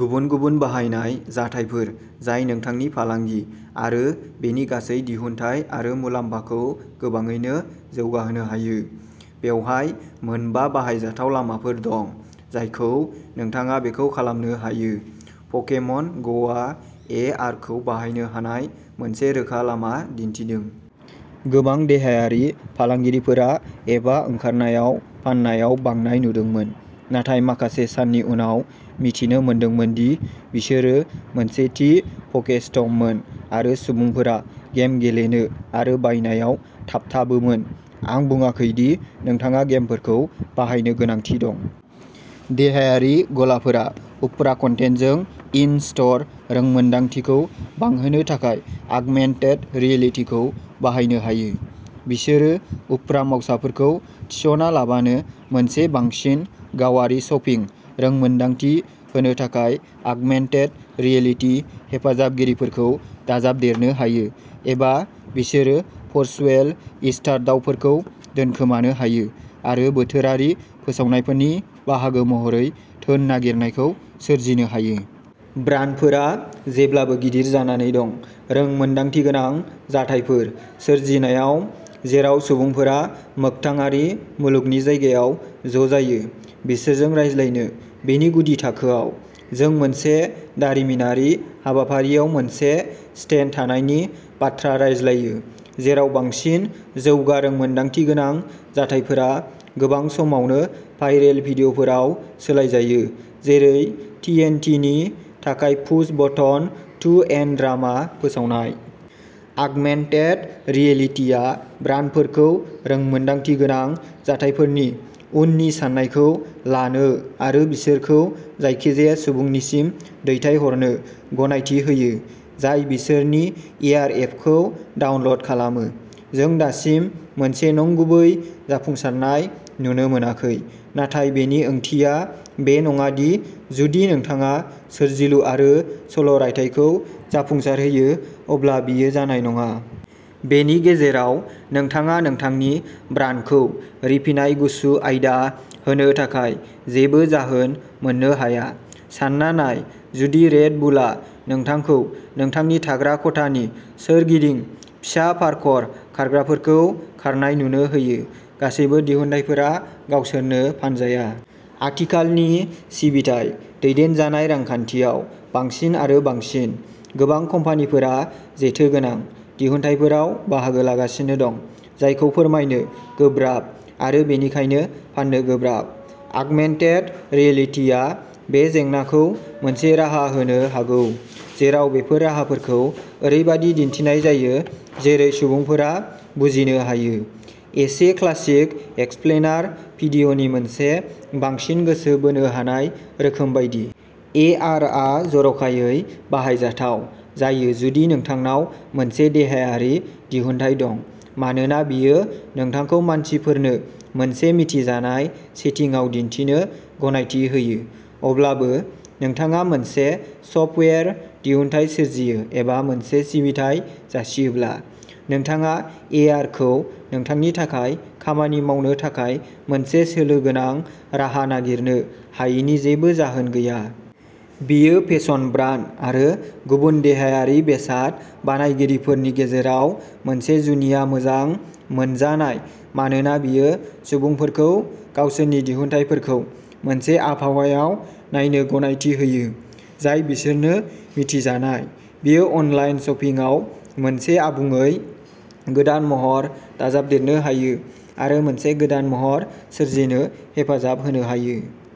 गुबुन-गुबुन बाहायनाय जाथायफोर जाय नोंथांनि फालांगि आरो बेनि गासै दिहुनथाइ आरो मुलाम्फाखौ गोबाङैनो जौगाहोनो हायो। बेवहाय मोनबा बाहायजाथाव लामाफोर दं जायखौ नोंथाङा बेखौ खालामनो हायो। पकेमन ग'आ ए आर खौ बाहायनो हानाय मोनसे रोखा लामा दिन्थिदों। गोबां देहायारि फालांगिफोरा एपआ ओंखारनायाव फाननायाव बांनाय नुदोंमोन, नाथाय माखासे साननि उनाव मिथिनो मोनदोंमोन दि बिसोरो मोनसे थि पकेस्टपमोन आरो सुबुंफोरा गेम गेलेनो आरो बायनायाव थाबथाबोमोन। आं बुंङाखै दि नोंथाङा गेमफोरखौ बाहायनो गोनांथि दं। देहायारि गलाफोरा उफ्रा कन्टेन्टजों इन-स्ट'र रोंमोनदांथिखौ बांहोनो थाखाय आगमेन्टेड रियेलिटिखौ बाहायनो हायो। बिसोरो उफ्रा मावसाफोरखौ थिसनालाबानो मोनसे बांसिन गावारि शपिं रोंमोनदांथि होनो थाखाय आगमेन्टेड रियेलिटि हेफाजाबगिरिफोरखौ दाजाबदेरनो हायो एबा बिसोरो भर्चुवेल ईस्टार दावफोरखौ दोनखोमानो हायो आरो बोथोरारि फोसावनायफोरनि बाहागो महरै धोन नागिरनायखौ सोरजिनो हायो। ब्रान्डफोरा जेब्लाबो गिदिर जानानै दं। रोंमोन्दांथिगोनां जाथायफोर सोरजिनायाव जेराव सुबुंफोरा मोगथाङारि मुलुगनि जायगायाव ज'जायो बिसोरजों रायज्लायनो। बेनि गुदि थाखोआव, जों मोनसे दारिमिनारि हाबाफारियाव मोनसे स्टेन्ड थानायनि बाथ्रा रायज्लायो, जेराव बांसिन जौगा रोंमोन्दांथिगोनां जाथायफोरा गोबां समावनो भाइरेल भिडिय'फोराव सोलायजायो, जेरै टिएनटिनि थाखाय push button to add drama फोसावनाय। आगमेन्टेड रियेलिटिआ ब्रान्डफोरखौ रोंमोन्दांथिगोनां जाथायफोरनि उननि साननायखौ लानो आरो बिसोरखौ जायखिजाया सुबुंनिसिम दैथायहरनो गनायथि होयो जाय बिसोरनि एआर एपखौ डाउनल'ड खालामो। जों दासिम मोनसे नंगुबै जाफुंसारनाय नुनो मोनाखै, नाथाय बेनि ओंथिया बे नङा दि जुदि नोंथाङा सोरजिलु आरो सल'रायथाइखौ जाफुंसारहोयो अब्ला बेयो जानाय नङा। बेनि गेजेराव, नोंथाङा नोंथांनि ब्रान्डखौ रिफिनाय गुसु आयदा होनो थाखाय जेबो जाहोन मोननो हाया। सानना नाय जुदि रेड बुलआ नोंथांखौ नोंथांनि थाग्रा खथानि सोरगिदिं फिसा पार्कर खारग्राफोरखौ खारनाय नुनो होयो। गासैबो दिहुनथायफोरा गावसोरनो फानजाया। आथिखालनि सिबिथाइ-दैदेनजानाय रांखान्थियाव, बांसिन आरो बांसिन। गोबां कम्पानिफोरा जेथो गोनां दिहुनथायफोराव बाहागो लांगासिनो दं, जायखौ फोरमायनो गोब्राब आरो बेनिखायनो फाननो गोब्राब। आगमेन्टेड रियेलिटिआ बे जेंनाखौ मोनसे राहा होनो हागौ, जेराव बेफोर राहाफोरखौ ओरैबायदि दिन्थिनाय जायो, जेरै सुबुंफोरा बुजिनो हायो, एसे क्लासिक एक्सप्लेनार भिडिय'नि मोनसे बांसिन गोसो बोनो हानाय रोखोम बायदि। ए आर आ जर'खायै बाहायजाथाव जायो जुदि नोंथांनाव मोनसे देहायारि दिहुनथाय दं मानोना बेयो नोंथांखौ मानसिफोरनो मोनसे मिथिजानाय सेटिंआव दिन्थिनो गनायथि होयो। अब्लाबो, नोंथाङा मोनसे सफ्टवेयार दिहुनथाय सोरजियो एबा मोनसे सिबिथाइ जासियोब्ला, नोंथाङा ए आर खौ नोंथांनि थाखाय खामानि मावनो थाखाय मोनसे सोलो गोनां राहा नागिरनो हायैनि जेबो जाहोन गैया। बेयो फेसन ब्रान्ड आरो गुबुन देहायारि बेसाद बानायगिरिफोरनि गेजेराव मोनसे जुनिया मोजां मोनजानाय मानोना बेयो सुबुंफोरखौ गावसोरनि दिहुनथायफोरखौ मोनसे आबहावायाव नायनो गनायथि होयो जाय बिसोरनो मिथिजानाय। बेयो अनलाइन शपिंआव मोनसे आबुङै गोदान महर दाजाबदेरनो हायो आरो मोनसे गोदान महर सोरजिनो हेफाजाब होनो हायो।